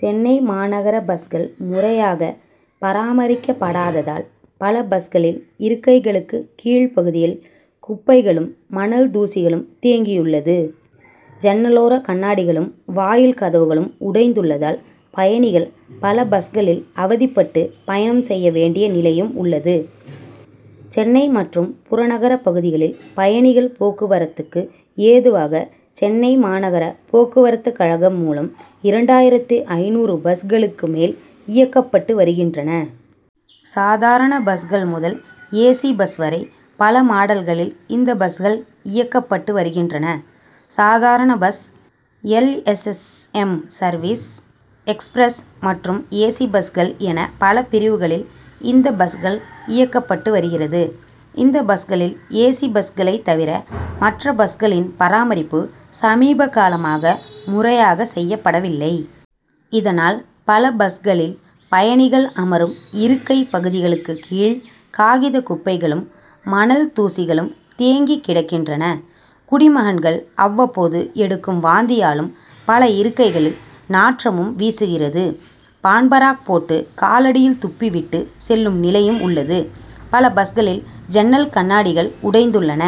சென்னை மாநகர பஸ்கள், முறையாக பராமரிக்கப்படாததால், பல பஸ்களில், இருக்கைகளுக்கு கீழ்பகுதிகளில், குப்பைகளும், மணல் தூசிகளும், தேங்கியுள்ளது. ஜன்னலோர கண்ணாடிகளும், வாயில் கதவுகளும் உடைந்துள்ளதால், பயணிகள் பல பஸ்களில், அவதிப்பட்டு பயணம் செய்ய வேண்டிய நிலையும் உள்ளது. சென்னை மற்றும் புறநகர் பகுதிகளில், பயணிகள் போக்குவரத்துக்கு ஏதுவாக, சென்னை மாநகர போக்குவரத்து கழகம் மூலம், இரண்டாயிரத்து ஐந்நூறு பஸ் களுக்கு மேல், இயக்கப்பட்டு வருகின்றன. சாதாரண பஸ்கள் முதல், "ஏசி' பஸ் வரை, பல மாடல்களில், இந்த பஸ்கள் இயக்கப்பட்டு வருகின்றன. சாதாரண bus, L. S. S., M., service, express மற்றும் ஏசி பஸ்கள் என பல பிரிவுகளில், இந்த பஸ்கள் இயக்கப்பட்டு வருகிறது. இந்த பஸ்களில் ஏசி பஸ்களை தவிர, மற்ற பஸ்களின் பராமரிப்பு, சமீபகாலமாக முறையாக செய்யப்படவில்லை. இதனால் பல பஸ்களில், பயணிகள் அமரும் இருக்கை பகுதிகளுக்கு கீழ், காகித குப்பைகளும், மணல் தூசிகளும், தேங்கி கிடக் கின்றன. குடிமகன்கள் அவ்வப்போது எடுக்கும் வாந்தியாலும், பல இருக்கைகளில் நாற்றமும் வீசுகிறது. பான்பராக் போட்டு, காலடியில் துப்பிவிட்டு செல்லும், நிலையும் உள்ளது. பல பஸ்களில், ஜன்னல் கண்ணாடி கள் உடைந்துள்ளன.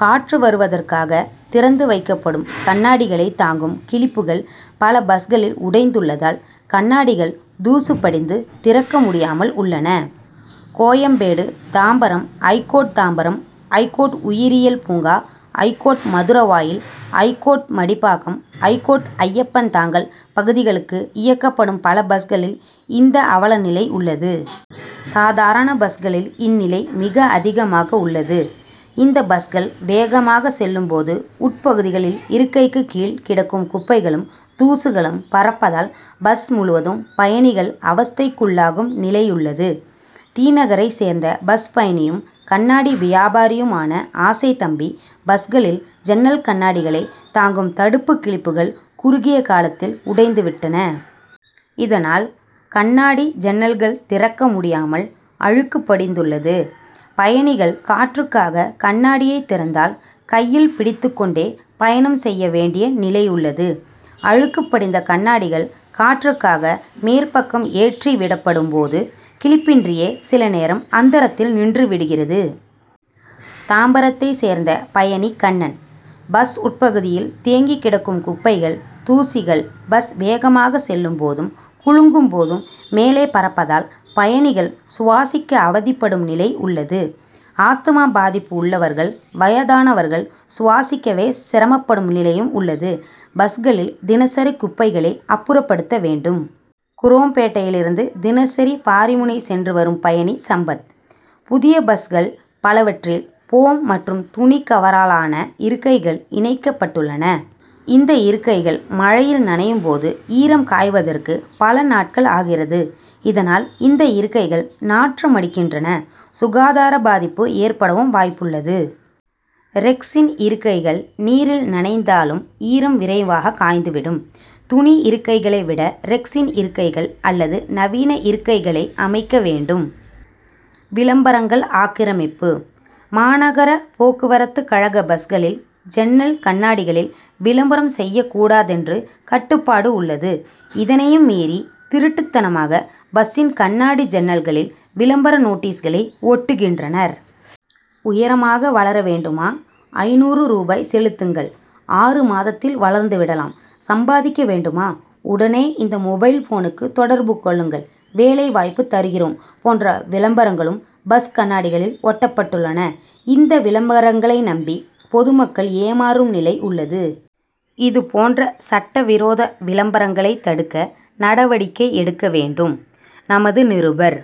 காற்று வருவ தற்காக, திறந்து வைக்கப்படும் கண் ணாடிகளை தாங்கும் கிளிப்புகள், பல பஸ்களில் உடைந்துள்ளதால், கண்ணாடிகள் தூசு படிந்து, திறக்க முடியாமல் உள்ளன. கோயம்பேடு தாம்பரம், ஐகோர்ட் தாம்பரம், ஐகோர்ட் உயிரியல் பூங்கா, ஐகோர்ட் மதுர வாயல், ஐகோர்ட்-மடிப்பாக்கம், ஐகோர்ட் ஐயப்பன்தாங்கல் பகுதிகளுக்கு இயக்கப்படும் பல பஸ்களில், இந்த அவல நிலை உள்ளது. சாதாரண பஸ் களில், இந்நிலை மிக அதிகமாக உள்ளது. இந்த பஸ்கள், வேகமாக செல்லும் போது, உட்பகுதிகளில் இருக்கைக்கு கீழ் கிடக்கும் குப்பைகளும், தூசுகளும் பறப்பதால், பஸ் முழுவதும் பயணிகள் அவஸ்தைக் குள்ளாகும் நிலையுள்ளது. தி. நகரை சேர்ந்த பஸ் பயணியும், கண்ணாடி வியாபாரியுமான ஆசைத் தம்பி: பஸ்களில், ஜன்னல் கண்ணாடிகளை தாங்கும் தடுப்பு கிளிப்புகள், குறுகிய காலத்தில் உடைந்து விட்டன. இதனால், கண்ணாடி ஜன்னல்கள் திறக்க முடியாமல், அழுக்கு படிந்துள்ளது. பயணிகள் காற்றுக்காக கண் ணாடியை திறந்தால், கையில் பிடித்து கொண்டே, பயணம் செய்ய வேண்டிய நிலை உள்ளது. அழுக்கு படிந்த கண்ணாடிகள், காற்றுக்காக மேற்பக்கம் ஏற்றி விடப்படும் போது, கிளிப்பின்றியே சில நேரம், அந்தரத்தில் நின்று விடுகிறது. தாம்பரத்தை சேர்ந்த பயணி கண்ணன்: பஸ் உட்பகுதியில், தேங்கி கிடக்கும் குப்பைகள், தூசிகள் பஸ் வேகமாக செல்லும் போதும், குலுங்கும் போதும், மேலே பறப்பதால், பயணிகள் சுவாசிக்க அவதிப்படும் நிலை உள்ளது. ஆஸ்துமா பாதிப்பு உள்ளவர்கள், வயதானவர்கள், சுவாசிக்கவே சிரமப்படும் நிலையும் உள்ளது. பஸ்களில் தினசரி குப்பைகளை, அப்புறப்படுத்த வேண்டும். குரோம்பேட்டையிலிருந்து, தினசரி பாரிமுனை சென்று வரும் பயணி சம்பத்: புதிய பஸ்கள் பலவற்றில், போம்' மற்றும் துணிக்கவராலான இருக்கைகள் இணைக்கப்பட் டுள்ளன. இந்த இருக்கைகள் மழையில் நனையும் போது, ஈரம் காய்வதற்கு, பல நாட்கள் ஆகிறது. இதனால், இந்த இருக்கைகள் நாற்றமடிக் கின்றன. சுகாதார பாதிப்பு ஏற் படவும் வாய்ப்புள்ளது. ரெக்சின் இருக்கைகள் நீரில் நனைந்தாலும், ஈரம் விரைவாக காய்ந்து விடும். துணி இருக்கைகளை விட, ரெக்சின் இருக்கைகள் அல்லது நவீன இருக்கைகளை அமைக்க வேண்டும். விளம்பரங்கள் ஆக்கிரமிப்பு: மாநகர போக்குவரத்து கழக பஸ்களில், ஜன்னல் கண்ணாடிகளில், விளம்பரம் செய்யக் கூடாதென்று கட்டுப்பாடு உள்ளது. இதனையும் மீறி திருட்டுத்தனமாக, பஸ்சின் கண்ணாடி ஜன்னல்களில், விளம்பர நோட்டீஸ்களை ஒட்டுகின்றனர். உயரமாக வளர வேண்டுமா ஐந்நூறு ரூபாய் செலுத்துங்கள், ஆறு மாதத்தில் வளர்ந்து விடலாம், சம்பாதிக்க வேண்டுமா உடனே, இந்த மொபைல் போனுக்கு தொடர்பு கொள்ளுங்கள், வேலை வாய்ப்பு தருகிறோம்' போன்ற விளம்பரங்களும், பஸ் கண்ணாடிகளில் ஒட்டப்பட்டுள்ளன. இந்த விளம்பரங்களை நம்பி, பொதுமக்கள் ஏமாறும் நிலை உள்ளது. இதுபோன்ற சட்ட விரோத விளம்பரங்களை தடுக்க, நடவடிக்கை எடுக்க வேண்டும். -நமது நிருபர்-